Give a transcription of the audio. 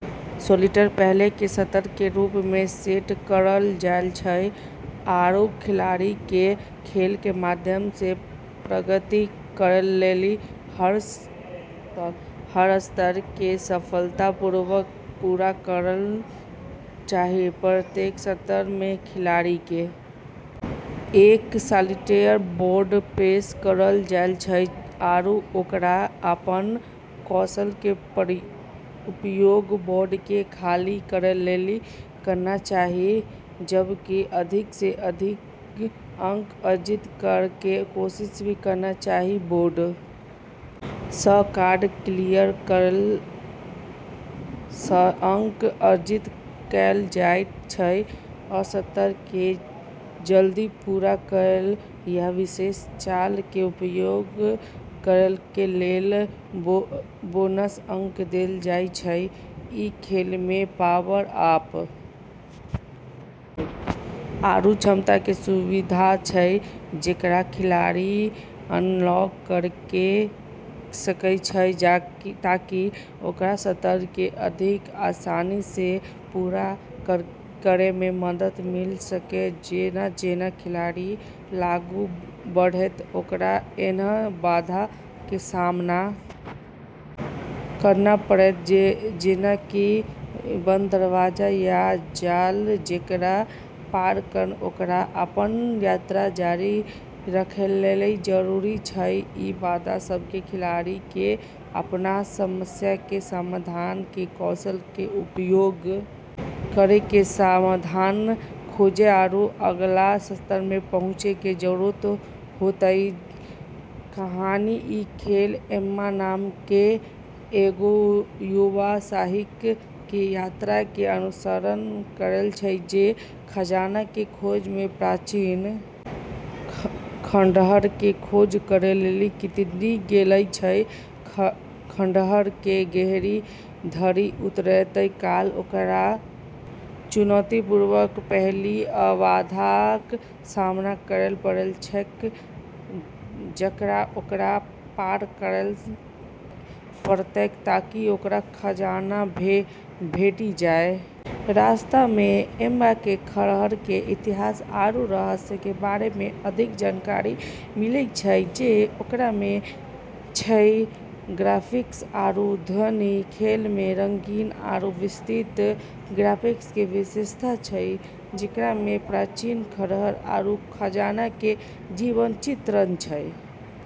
Solitaire पहेली के स्तर के रूप मे सेट करलऽ जाय छै आरू खिलाड़ी के खेल के माध्यम से प्रगति करै लेली हर स्तर के सफलतापूर्वक पूरा करना चाहि, प्रत्येक स्तर मे खिलाड़ी के एक सॉलिटेयर बोर्ड पेश करलऽ जाय छै आरू ओकरा अपनऽ कौशल के उपयोग बोर्ड के खाली करै लेली करना चाहि जबकि अधिक से अधिक अंक अर्जित करै के कोशिश भी करना चाहि, बोर्ड सं कार्ड क्लियर करय सं अंक अर्जित कैल जायत छै आ स्तर कें जल्दी पूरा करय या विशेष चाल कें उपयोग करय कें लेल बोनस अंक देल जायत छै, ई खेल मे पावर-अप आरू क्षमता के सुविधा छै जेकरा खिलाड़ी अनलॉक करी सकै छै ताकि ओकरा स्तर के अधिक आसानी से पूरा करै मे मदद मिले सके जेना-जेना खिलाड़ी आगू बढ़तै ओकरा ऐन्हऽ बाधा के सामना करना पड़तै जेना कि बंद दरवाजा या जाल जेकरा पार करना ओकरा अपनऽ यात्रा जारी रखै लेली जरूरी छै, ई बाधा सब के खिलाड़ी के अपनऽ समस्या के समाधान के कौशल के उपयोग करी के समाधान खोजै आरू अगला स्तर पे पहुँचै के जरूरत होतै, कहानी ई खेल एम्मा नाम केरऽ एगो युवा साहसिक के यात्रा के अनुसरण करै छै जे खजाना के खोज मे प्राचीन खंडहर के खोज करै लेली निकली गेलऽ छै, खंडहर मे गहींर धरि उतरैत काल ओकरा चुनौतीपूर्ण पहेली आ बाधाक सामना करय पड़ैत छैक जकरा ओकरा पार करय पड़तैक ताकि ओकरा खजाना भेटि जाय, रास्ता में एम्मा के खंडहर के इतिहास आरू रहस्य के बारे में अधिक जानकारी मिलै छै जे ओकरा में छै, ग्राफिक्स आरू ध्वनि खेल मे रंगीन आरू विस्तृत ग्राफिक्स के विशेषता छै जेकरा मे प्राचीन खंडहर आरू खजाना के जीवंत चित्रण छै।